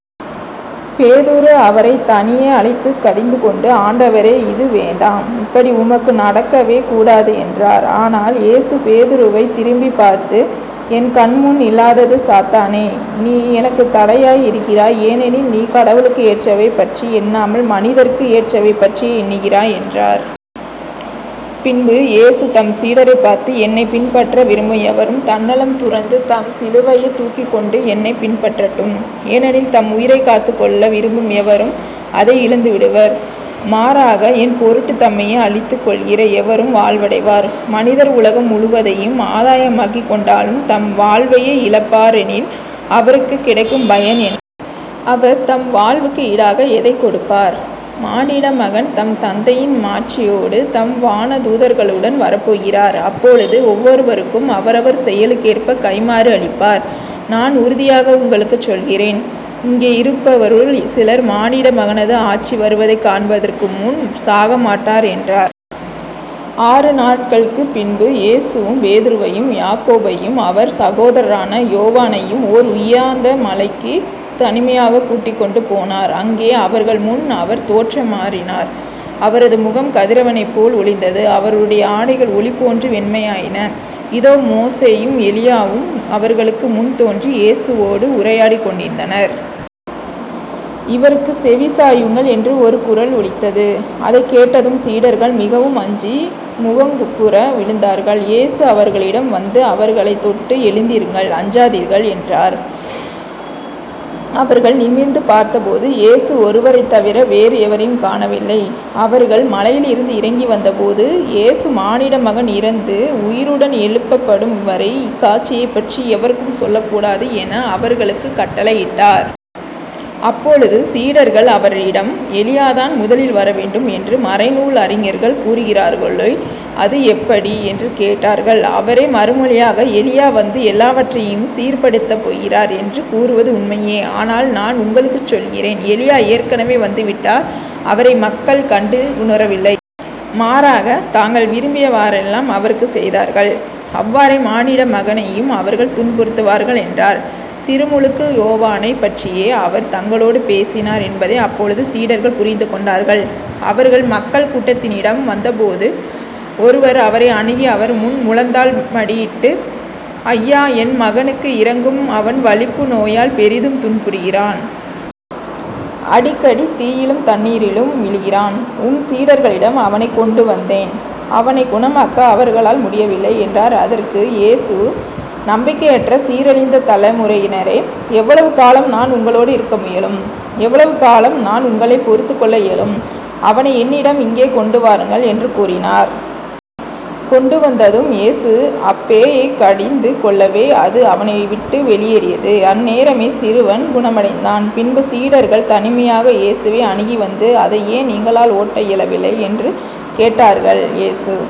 பேதுரு அவரைத் தனியே அழைத்துக் கடிந்துகொண்டு," ஆண்டவரே, இது வேண்டாம். இப்படி உமக்கு நடக்கவே கூடாது" என்றார். ஆனால் இயேசு பேதுருவைத் திரும்பிப் பார்த்து," என் கண்முன் நில்லாதே சாத்தானே, நீ எனக்குத் தடையாய் இருக்கிறாய் ஏனெனில் நீ கடவுளுக்கு ஏற்றவை பற்றி எண்ணாமல் மனிதருக்கு ஏற்றவை பற்றியே எண்ணுகிறாய்" என்றார். பின்பு இயேசு தம் சீடரைப் பார்த்து," என்னைப் பின்பற்ற விரும்பும் எவரும் தன்னலம் துறந்து தம் சிலுவையைத் தூக்கிக்கொண்டு என்னைப் பின்பற்றட்டும். ஏனெனில் தம் உயிரைக் காத்துக் கொள்ள விரும்பும் எவரும் அதை இழந்துவிடுவர். மாறாக என்பொருட்டுத் தம்மையே அழித்துக் கொள்கிற எவரும் வாழ்வடைவார். மனிதர் உலகம் முழுவதையும் ஆதாயமாக்கிக்கொண்டாலும் தம் வாழ்வையே இழப்பாரெனில் அவருக்குக் கிடைக்கும் பயன் என்ன? அவர் தம் வாழ்வுக்கு ஈடாக எதைக் கொடுப்பார். மானிடமகன் தம் தந்தையின் மாட்சியோடு தம் வான தூதர்களுடன் வரப்போகிறார் அப்பொழுது ஒவ்வொருவருக்கும் அவரவர் செயலுக்கேற்பக் கைம்மாறு அளிப்பார். நான் உறுதியாக உங்களுக்குச் சொல்கிறேன் இங்கே இருப்பவருள் சிலர் மானிட மகனது ஆட்சி வருவதைக் காண்பதற்கு முன் சாகமாட்டார்" என்றார். ஆறு நாள்களுக்குப் பின்பு இயேசு பேதுருவையும் யாக்கோபையும் அவர் சகோதரரான யோவானையும் ஓர் உயாந்த மலைக்குத் தனிமையாகக் கூட்டிக்கொண்டு போனார். அங்கே அவர்கள்முன் அவர் தோற்றம் மாறினார். அவரது முகம் கதிரவனைப் போல் ஒளிர்ந்தது. அவருடைய ஆடைகள் ஒளிபோன்று வெண்மையாயின. இதோ. மோசேயும் எலியாவும் அவர்களுக்கு முன் தோன்றி இயேசுவோடு உரையாடிக்கொண்டிருந்தனர். இவருக்குச் செவிசாயுங்கள்" என்று ஒரு குருல் ஒலித்தது. அதைக் கேட்டதும் சீடர்கள் மிகவும் அஞ்சி முகங்குப்புற விழுந்தார்கள். இயேசு அவர்களிடம் வந்து அவர்களைத் தொட்டு," எழுந்திருங்கள், அஞ்சாதீர்கள்" என்றார். அவர்கள் நிமிர்ந்து பார்த்தபோது இயேசு ஒருவரைத்தவிர வேறு எவரையும் காணவில்லை. அவர்கள் மலையிலிருந்து இறங்கிவந்தபோது இயேசு,"மானிட மகன் இறந்து உயிருடன் எழுப்பப்படும்வரை இக்காட்சியைப்பற்றி எவருக்கும் சொல்லக்கூடாது" என அவர்களுக்குக் கட்டளையிட்டார். அப்பொழுது சீடர்கள் அவரிடம்," எலியாதான் முதலில் வரவேண்டும் என்று மறைநூல் அறிஞர்கள் கூறுகிறார்களே, அது எப்படி? " என்று கேட்டார்கள். அவர் மறுமொழியாக,"எலியா வந்து எல்லாவற்றையும் சீர்ப்படுத்தப் போகிறார் என்று கூறுவது உண்மையே. ஆனால் நான் உங்களுக்குச் சொல்கிறேன் எலியா ஏற்கெனவே வந்து விட்டார். அவரை மக்கள் கண்டுணரவில்லை. மாறாக, தாங்கள் விரும்பிய வாறெல்லாம் அவருக்குச் செய்தார்கள். அவ்வாறே மானிட மகனையும் அவர்கள் துன்புறுத்துவார்கள் என்றார். திருமுழுக்கு யோவானைப் பற்றியே அவர் தங்களோடு பேசினார் என்பதை அப்பொழுது சீடர்கள் புரிந்து கொண்டார்கள். அவர்கள் மக்கள் கூட்டத்தினிடம் வந்தபோது ஒருவர் அவரை அணுகி அவர் முன் முழந்தாள் படியிட்டு, "ஐயா, என் மகனுக்கு இரங்கும் அவன் வலிப்பு நோயால் பெரிதும் துன்புறுகிறான். அடிக்கடி தீயிலும் தண்ணீரிலும் விழுகிறான். உம் சீடர்களிடம் அவனைக் கொண்டுவந்தேன் அவனைக் குணமாக்க அவர்களால் முடியவில்லை" என்றார். அதற்கு இயேசு," நம்பிக்கையற்ற சீரழிந்த தலைமுறையினரே, எவ்வளவு காலம் நான் உங்களோடு இருக்க முயலும்? எவ்வளவு காலம் நான் உங்களைப் பொறுத்துக் கொள்ள இயலும்? அவனை என்னிடம் இங்கே கொண்டு வாருங்கள்" என்று கூறினார். கொண்டுவந்ததும் இயேசு அப்பேயைக் கடிந்துகொள்ளவே, அது அவனைவிட்டு வெளியேறியது. அந்நேரமே சிறுவன் குணமடைந்தான். பின்பு சீடர்கள் தனிமையாக இயேசுவை அணுகி வந்து," அதை ஏன் எங்களால் ஓட்ட இயலவில்லை? " என்று கேட்டார்கள். இயேசு